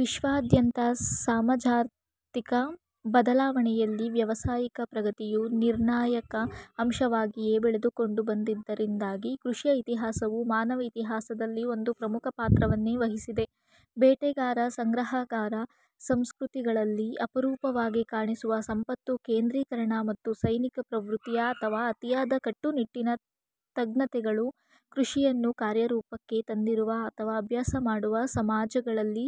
ವಿಶ್ವಾದ್ಯಂತದ ಸಮಾಜಾರ್ಥಿಕ ಬದಲಾವಣೆಯಲ್ಲಿ ವ್ಯಾವಸಾಯಿಕ ಪ್ರಗತಿಯು ನಿರ್ಣಾಯಕ ಅಂಶವಾಗಿಯೇ ಬೆಳೆದುಕೊಂಡು ಬಂದಿದ್ದರಿಂದಾಗಿ, ಕೃಷಿಯ ಇತಿಹಾಸವು ಮಾನವ ಇತಿಹಾಸದಲ್ಲಿ ಒಂದು ಪ್ರಮುಖ ಪಾತ್ರವನ್ನೇ ವಹಿಸಿದೆ. ಬೇಟೆಗಾರ-ಸಂಗ್ರಹಕಾರ ಸಂಸ್ಕೃತಿಗಳಲ್ಲಿ ಅಪರೂಪವಾಗಿ ಕಾಣಿಸುವ ಸಂಪತ್ತು -ಕೇಂದ್ರೀಕರಣ ಮತ್ತು ಸೈನಿಕ ಪ್ರವೃತ್ತಿಯ ಅಥವಾ ಅತಿಯಾದ ಕಟ್ಟುನಿಟ್ಟಿನ ತಜ್ಞತೆಗಳು, ಕೃಷಿಯನ್ನು ಕಾರ್ಯರೂಪಕ್ಕೆ ತಂದಿರುವ ಅಥವಾ ಅಭ್ಯಾಸ ಮಾಡುವ ಸಮಾಜಗಳಲ್ಲಿ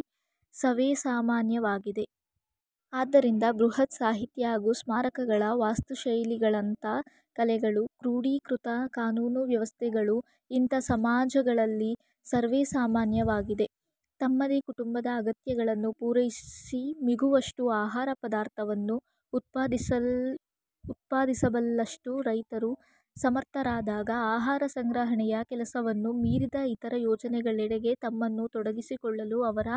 ಸವೇಸಾಮಾನ್ಯವಾಗಿವೆ. ಆದ್ದರಿಂದ, ಬೃಹತ್- ಸಾಹಿತ್ಯ ಹಾಗೂ ಸ್ಮಾರಕಗಳ ವಾಸ್ತುಶೈಲಿಗಳಂಥ ಕಲೆಗಳು, ಕ್ರೋಡೀಕೃತ ಕಾನೂನು ವ್ಯವಸ್ಥೆಗಳೂ ಇಂಥ ಸಮಾಜಗಳಲ್ಲಿ ಸರ್ವೇಸಾಮಾನ್ಯವಾಗಿವೆ. ತಮ್ಮದೇ ಕುಟುಂಬದ ಅಗತ್ಯಗಳನ್ನು ಪೂರೈಸಿ ಮಿಗುವಷ್ಟು ಆಹಾರ ಪದಾರ್ಥವನ್ನು ಉತ್ಪಾದಿಸಬಲ್ಲಷ್ಟು ರೈತರು ಸಮರ್ಥರಾದಾಗ, ಆಹಾರ ಸಂಗ್ರಹಣೆಯ ಕೆಲಸವನ್ನೂ ಮೀರಿದ ಇತರ ಯೋಜನೆಗಳೆಡೆಗೆ ತಮ್ಮನ್ನು ತೊಡಗಿಸಿಕೊಳ್ಳಲು ಅವರ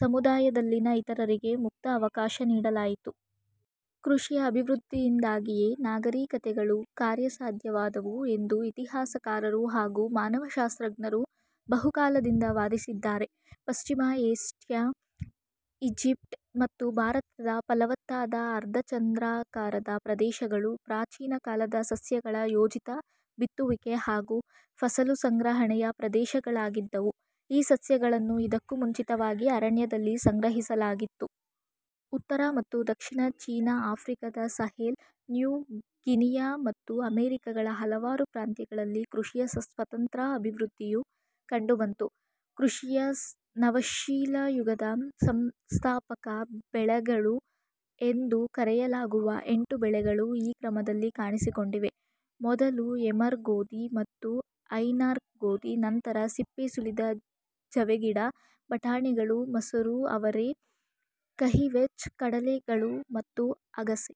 ಸಮುದಾಯದಲ್ಲಿನ ಇತರರಿಗೆ ಮುಕ್ತ ಅವಕಾಶ ನೀಡಲಾಯಿತು. ಕೃಷಿಯ ಅಭಿವೃದ್ಧಿಯಿಂದಾಗಿಯೇ ನಾಗರಿಕತೆಗಳು ಕಾರ್ಯಸಾಧ್ಯವಾದವು ಎಂದು ಇತಿಹಾಸಕಾರರು ಹಾಗೂ ಮಾನವಶಾಸ್ತ್ರಜ್ಞರು ಬಹುಕಾಲದಿಂದ ವಾದಿಸಿದ್ದಾರೆ. ಪಶ್ಚಿಮ ಏಷ್ಯಾ, ಈಜಿಪ್ಟ್, ಮತ್ತು ಭಾರತದ ಫಲವತ್ತಾದ ಅರ್ಧಚಂದ್ರಾಕಾರದ ಪ್ರದೇಶಗಳು, ಪ್ರಾಚೀನ ಕಾಲದ ಸಸ್ಯಗಳ ಯೋಜಿತ ಬಿತ್ತುವಿಕೆ ಹಾಗೂ ಫಸಲು ಸಂಗ್ರಹಣೆಯ ಪ್ರದೇಶಗಳಾಗಿದ್ದವು. ಈ ಸಸ್ಯಗಳನ್ನು ಇದಕ್ಕೂ ಮುಂಚಿತವಾಗಿ ಅರಣ್ಯದಲ್ಲಿ ಸಂಗ್ರಹಿಸಲಾಗಿತ್ತು. ಉತ್ತರ ಮತ್ತು ದಕ್ಷಿಣ ಚೀನಾ, ಆಫ್ರಿಕಾದ ಸಹೆಲ್, ನ್ಯೂ ಗಿನಿಯಾ ಮತ್ತು ಅಮೆರಿಕಗಳ ಹಲವಾರು ಪ್ರಾಂತ್ಯಗಳಲ್ಲಿ ಕೃಷಿಯ ಸ್ವತಂತ್ರ ಅಭಿವೃದ್ಧಿಯು ಕಂಡುಬಂತು. ಕೃಷಿಯ ನವಶಿಲಾಯುಗದ ಸಂಸ್ಥಾಪಕ ಬೆಳೆಗಳು ಎಂದು ಕರೆಯಲಾಗುವ ಎಂಟು ಬೆಳೆಗಳು ಈ ಕ್ರಮದಲ್ಲಿ ಕಾಣಿಸಿಕೊಂಡಿವೆ: ಮೊದಲು ಎಮರ್ ಗೋಧಿ ಮತ್ತು ಐನ್ಕಾರ್ನ್ ಗೋಧಿ, ನಂತರ ಸಿಪ್ಪೆಸುಲಿದ ಜವೆಗಿಡ, ಬಟಾಣಿಗಳು, ಮಸೂರ ಅವರೆ, ಕಹಿ ವೆಚ್, ಕಡಲೆ ಗಳು ಮತ್ತು ಅಗಸೆ.